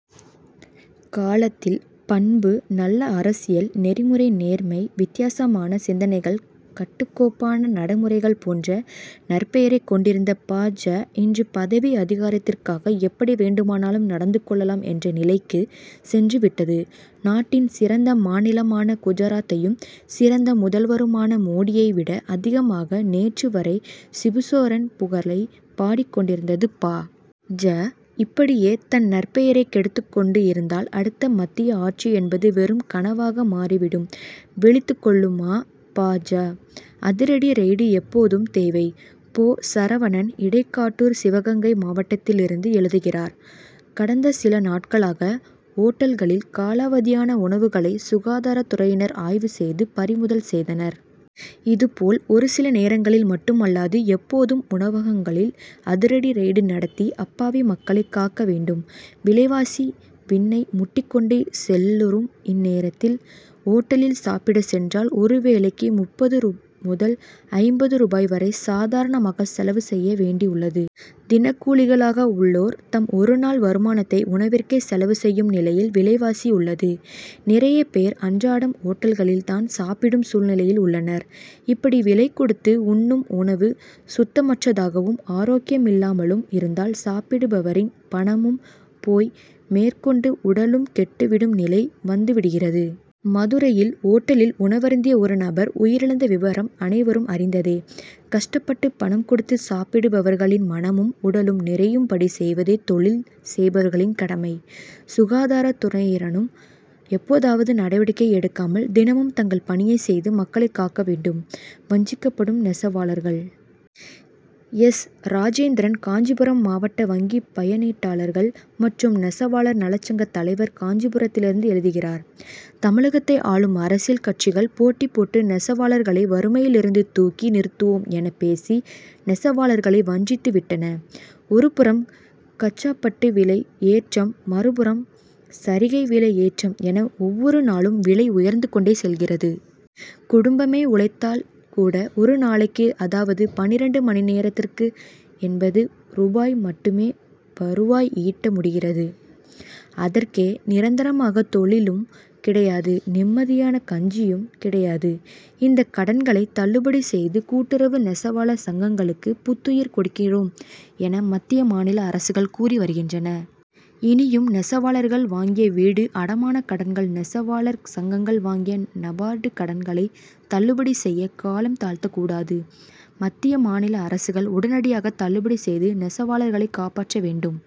காலத்தில் பண்பு நல்ல அரசியல் நெறிமுறை நேர்மை வித்தியாசமான சிந் தனைகள் கட்டுக்கோப் பான நடைமுறைகள் போன்ற நற்பெயரை கொண் டிருந்த பா. ஜ. இன்று பதவி அதிகாரத்திற்காக எப்படி வேண்டுமானாலும் நடந்து கொள்ளலாம் என்ற நிலைக்கு சென்று விட்டது. நாட்டின் சிறந்த மாநிலமான குஜராத்தையும் சிறந்த முதல்வருமான மோடியை விட அதிகமாக நேற்று வரை சிபுசோரன் புகழை பாடிக் கொண்டிருந்தது பா. ஜ. இப்படியே தன் நற்பெயரை கெடுத்து கொண்டு இருந்தால் அடுத்த மத்திய ஆட்சி என்பது வெறும் கனவாக மாறிவிடும். விழித்துக் கொள்ளுமா பா. ஜ.? அதிரடி ரெய்டு எப்போதும் தேவை! போ. சரவணன் இடைக் காட்டூர் சிவகங்கை மாவட் டத்திலிருந்து எழுதுகிறார்: கடந்த சில நாட்களாக ஓட் டல்களில் காலாவதியான உணவுகளை சுகாதாரத் துறையினர் ஆய்வு செய்து பறிமுதல் செய்தனர். இது போல் ஒரு சில நேரங்களில் மட்டுமல்லாது எப்போதும் உணவகங்களில் அதிரடி ரெய்டு நடத்தி அப்பாவி மக்களை காக்க வேண்டும். விலைவாசி விண்ணை முட்டிக் கொண்டு செல் ருலும் இந்நேரத்தில் ஓட்டலில் சாப்பிடச் சென்றால் ஒரு வேலைக்கு முப்பது முதல் ஐம்பது ரூபாய் வரை சாதாரணமாக செலவு செய்ய வேண்டி உள்ளது. தினக் கூலிகளாக உள்ளோர் தம் ஒரு நாள் வருமானத்தை உணவிற்கே செலவு செய்யும் நிலையில் விலைவாசி உள்ளது. நிறைய பேர் அன்றாடம் ஓட்டல்களில் தான் சாப்பிடும் சூழ்நிலையில் உள்ளனர். இப்படி விலை கொடுத்து உண்ணும் உணவு சுத்தமற்றதாகவும் ஆரோக்கியமில்லாமலும் இருந்தால் சாப்பிடுபவரின் பணமும் போய் மேற்கொண்டு உடலும் கெட்டு விடும் நிலை வந்து விடுகிறது. மதுரையில் ஓட்டலில் உணவருந்திய ஒரு நபர் உயிரிழந்த விவரம் அனைவரும் அறிந்ததே. கஷ்டப்பட்டு பணம் கொடுத்து சாப்பிடுபவர்களின் மனமும் உடலும் நிறையும்படி செய்வதே தொழில் செய்பவர்களின் கடமை. சுகாதாரத் துறையினரும் எப்போதாவது நடவடிக்கை எடுக்காமல் தினமும் தங்கள் பணியை செய்து மக்களை காக்க வேண்டும். வஞ்சிக்கப்படும் நெசவாளர்கள்! எஸ். ராஜேந்திரன் காஞ்சிபுரம் மாவட்ட வங்கி பயனீட்டாளர்கள் மற்றும் நெசவாளர் நலச்சங்கத் தலைவர் காஞ்சிபுரத்திலிருந்து எழுதுகிறார்: தமிழகத்தை ஆளும் அரசியல் கட்சிகள் போட்டி போட்டு நெசவாளர்களை வறுமையிலிருந்து தூக்கி நிறுத்துவோம் என பேசி நெசவாளர்களை வஞ்சித்து விட்டன. ஒரு புறம் கச்சாபட்டு விலை ஏற்றம் மறுபுறம் சரிகை விலை ஏற்றம் என ஒவ்வொரு நாளும் விலை உயர்ந்து கொண்டே செல்கிறது. குடும்பமே உழைத்தால் கூட ஒரு நாளைக்கு அதாவது பன்னிரண்டு மணி நேரத்திற்கு எண்பது ரூபாய் மட்டுமே வருவாய் ஈட்ட முடிகிறது. அதற்கே நிரந்தரமாக தொழிலும் கிடையாது நிம்மதியான கஞ்சியும் கிடையாது. இந்த கடன்களை தள்ளுபடி செய்து கூட்டுறவு நெசவாளர் சங்கங்களுக்கு புத்துயிர் கொடுக்கிறோம் என மத்திய மாநில அரசுகள் கூறி வருகின்றன. இனியும் நெசவாளர்கள் வாங்கிய வீடு அடமானக் கடன்கள் நெசவாளர் சங்கங்கள் வாங்கிய நபார்டு கடன்களை தள்ளுபடி செய்ய காலம் தாழ்த்தக் கூடாது. மத்திய மாநில அரசுகள் உடனடியாக தள்ளுபடி செய்து நெசவாளர்களை காப்பாற்ற வேண்டும்.